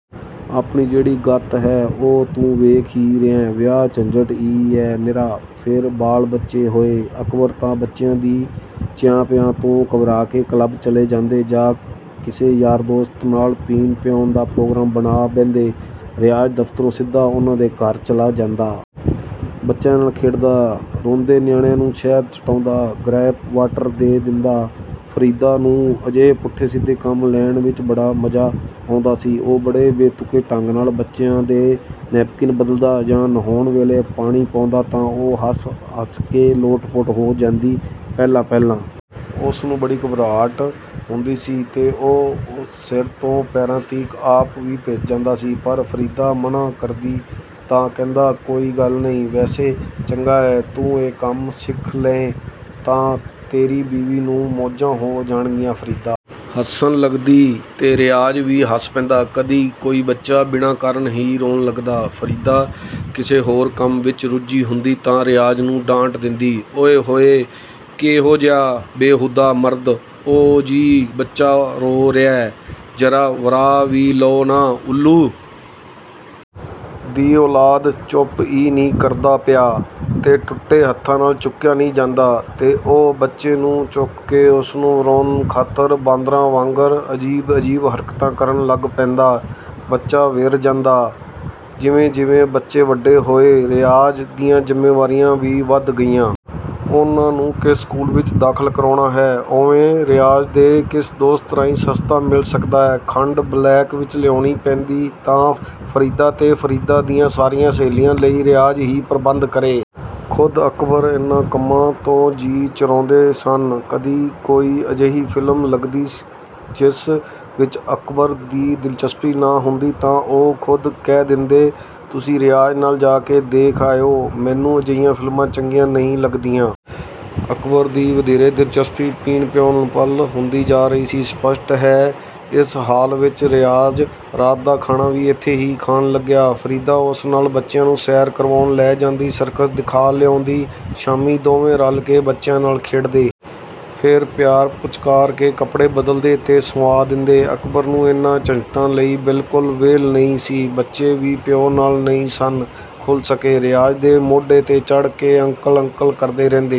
ਆਪਣੀ ਜਿਹੜੀ ਗੱਤ ਹੈ, ਉਹ ਤੂੰ ਵੇਖ ਈ ਰਿਹੈਂ, ਵਿਆਹ ਝੰਜਟ ਈ ਐ ਨਿਰਾ। ਫੇਰ ਬਾਲ-ਬੱਚੇ ਹੋਏ। ਅਕਬਰ ਤਾਂ ਬੱਚਿਆਂ ਦੀ 'ਚਿਆਂ-ਪਿਆਂ' ਤੋਂ ਘਬਰਾ ਕੇ ਕਲੱਬ ਚਲੇ ਜਾਂਦੇ ਜਾਂ ਕਿਸੇ ਯਾਰ ਦੋਸਤ ਨਾਲ ਪੀਣ-ਪਿਆਉਣ ਦਾ ਪ੍ਰੋਗਰਾਮ ਬਣਾ ਬਹਿੰਦੇ, ਰਿਆਜ਼ ਦਫ਼ਤਰੋਂ ਸਿੱਧਾ ਉਹਨਾਂ ਦੇ ਘਰ ਚਲਾ ਜਾਂਦਾ। ਬੱਚਿਆਂ ਨਾਲ ਖੇਡਦਾ, ਰੋਂਦੇ ਨਿਆਣੇ ਨੂੰ ਸ਼ਹਿਦ ਚਟਾਉਂਦਾ, ਗਰਾਈਪ ਵਾਟਰ ਦੇ ਦਿੰਦਾ। ਫਰੀਦਾ ਨੂੰ ਅਜਿਹੇ ਪੁੱਠੇ ਸਿੱਧੇ ਕੰਮ ਲੈਣ ਵਿਚ ਬੜਾ ਮਜ਼ਾ ਆਉਂਦਾ ਸੀ। ਉਹ ਬੜੇ ਬੇਤੁਕੇ ਢੰਗ ਨਾਲ ਬੱਚਿਆਂ ਦੇ ਨੇਪਕਿਨ ਬਦਲਦਾ ਜਾਂ ਨੁਹਾਉਣ ਵੇਲੇ ਪਾਣੀ ਪਾਉਂਦਾ ਤਾਂ ਉਹ ਹੱਸ-ਹੱਸ ਕੇ ਲੋਟਪੋਟ ਹੋ ਜਾਂਦੀ। ਪਹਿਲਾਂ-ਪਹਿਲਾਂ ਉਸਨੂੰ ਬੜੀ ਘਬਰਾਹਟ ਹੁੰਦੀ ਸੀ ਤੇ ਉਹ ਸਿਰ ਤੋਂ ਪੈਰਾਂ ਤੀਕ ਆਪ ਵੀ ਭਿੱਜ ਜਾਂਦਾ ਸੀ, ਪਰ ਫਰੀਦਾ ਮਨ੍ਹਾਂ ਕਰਦੀ ਤਾਂ ਕਹਿੰਦਾ, "ਕੋਈ ਗੱਲ ਨਹੀਂ।" "ਵੈਸੇ ਚੰਗਾ ਏ, ਤੂੰ ਇਹ ਕੰਮ ਸਿੱਖ ਲਏਂ ਤਾਂ ਤੇਰੀ ਬੀਵੀ ਨੂੰ ਮੌਜਾਂ ਹੋ ਜਾਣਗੀਆਂ।"ਫਰੀਦਾ ਹੱਸਣ ਲੱਗਦੀ ਤੇ ਰਿਆਜ਼ ਵੀ ਹੱਸ ਪੈਂਦਾ। ਕਦੀ ਕੋਈ ਬੱਚਾ ਬਿਨਾਂ ਕਾਰਨ ਹੀ ਰੋਣ ਲੱਗਦਾ, ਫਰੀਦਾ ਕਿਸੇ ਹੋਰ ਕੰਮ ਵਿਚ ਰੁੱਝੀ ਹੁੰਦੀ ਤਾਂ ਰਿਆਜ਼ ਨੂੰ ਡਾਂਟ ਦੇਂਦੀ, "ਓਇ ਹੋਇ ਕੇਹੋਜਾ ਬੇਹੂਦਾ ਮਰਦ ਓ-ਜੀ, ਬੱਚਾ ਰੋ ਰਿਹੈ, ਜ਼ਰਾ ਵਰਾਅ ਵੀ ਲਓ ਨਾ।""ਉੱਲੂ ਦੀ ਔਲਾਦ ਚੁੱਪ ਈ ਨਹੀਂ ਕਰਦਾ ਪਿਆ।" "ਤੇ ਟੁੱਟੇ ਹੱਥਾਂ ਨਾਲ ਚੁੱਕਿਆ ਨਹੀਂ ਜਾਂਦਾ?"ਤੇ ਉਹ ਬੱਚੇ ਨੂੰ ਚੁੱਕ ਕੇ ਉਸਨੂੰ ਵਰਾਉਣ ਖਾਤਰ ਬਾਂਦਰਾਂ ਵਾਂਗਰ ਅਜੀਬ-ਅਜੀਬ ਹਰਕਤਾਂ ਕਰਨ ਲੱਗ ਪੈਂਦਾ, ਬੱਚਾ ਵਿਰ ਜਾਂਦਾ। ਜਿਵੇਂ-ਜਿਵੇਂ ਬੱਚੇ ਵੱਡੇ ਹੋਏ ਰਿਆਜ਼ ਦੀਆਂ ਜ਼ਿੰਮੇਵਾਰੀਆਂ ਵੀ ਵਧ ਗਈਆਂ। ਉਹਨਾਂ ਨੂੰ ਕਿਸ ਸਕੂਲ ਵਿਚ ਦਾਖ਼ਲ ਕਰਾਉਣਾ ਹੈ? ਓਵਨ ਰਿਆਜ਼ ਦੇ ਕਿਸ ਦੋਸਤ ਰਾਹੀਂ ਸਸਤਾ ਮਿਲ ਸਕਦਾ ਹੈ? ਖੰਡ ਬਲੈਕ ਵਿਚ ਲਿਆਉਣੀ ਪੈਂਦੀ ਤਾਂ ਫਰੀਦਾ ਤੇ ਫਰੀਦਾ ਦੀਆਂ ਸਾਰੀਆਂ ਸਹੇਲੀਆਂ ਲਈ ਰਿਆਜ਼ ਹੀ ਪ੍ਰਬੰਧ ਕਰੇ। ਖ਼ੁਦ ਅਕਬਰ ਇਹਨਾਂ ਕੰਮਾਂ ਤੋਂ ਜੀਅ ਚੁਰਾਉਂਦੇ ਸਨ। ਕਦੀ ਕੋਈ ਅਜਿਹੀ ਫ਼ਿਲਮ ਲੱਗਦੀ, ਜਿਸ ਵਿਚ ਅਕਬਰ ਦੀ ਦਿਲਚਸਪੀ ਨਾ ਹੁੰਦੀ ਤਾਂ ਉਹ ਖ਼ੁਦ ਕਹਿ ਦੇਂਦੇ, "ਤੁਸੀਂ ਰਿਆਜ਼ ਨਾਲ ਜਾ ਕੇ ਦੇਖ ਆਇਓ, ਮੈਨੂੰ ਅਜਿਹੀਆਂ ਫ਼ਿਲਮਾਂ ਚੰਗੀਆਂ ਨਹੀਂ ਲੱਗਦੀਆਂ।" ਅਕਬਰ ਦੀ ਵਧੇਰੇ ਦਿਲਚਸਪੀ ਪੀਣ-ਪਿਆਉਣ ਵੱਲ ਹੁੰਦੀ ਜਾ ਰਹੀ ਸੀ। ਸਪਸ਼ਟ ਹੈ ਇਸ ਹਾਲ ਵਿਚ ਰਿਆਜ਼ ਰਾਤ ਦਾ ਖਾਣਾ ਵੀ ਇੱਥੇ ਹੀ ਖਾਣ ਲੱਗਿਆ। ਫਰੀਦਾ ਉਸ ਨਾਲ ਬੱਚਿਆਂ ਨੂੰ ਸੈਰ ਕਰਵਾਉਣ ਲੈ ਜਾਂਦੀ, ਸਰਕਸ ਦਿਖਾ ਲਿਆਉਂਦੀ, ਸ਼ਾਮੀਂ ਦੋਵੇਂ ਰਲ ਕੇ ਬੱਚਿਆਂ ਨਾਲ ਖੇਡਦੇ। ਫੇਰ ਪਿਆਰ-ਪੁਚਕਾਰ ਕੇ ਕੱਪੜੇ ਬਦਲਦੇ ਤੇ ਸੰਵਾਅ ਦੇਂਦੇ। ਅਕਬਰ ਨੂੰ ਇਹਨਾਂ ਝੰਜਟਾਂ ਲਈ ਬਿਲਕੁਲ ਵਿਹਲ ਨਹੀਂ ਸੀ। ਬੱਚੇ ਵੀ ਪਿਓ ਨਾਲ ਨਹੀਂ ਸਨ ਖੁੱਲ੍ਹ ਸਕੇ। ਰਿਆਜ਼ ਦੇ ਮੋਢੇ 'ਤੇ ਚੱੜ੍ਹ ਕੇ 'ਅੰਕਲ-ਅੰਕਲ' ਕਰਦੇ ਰਹਿੰਦੇ।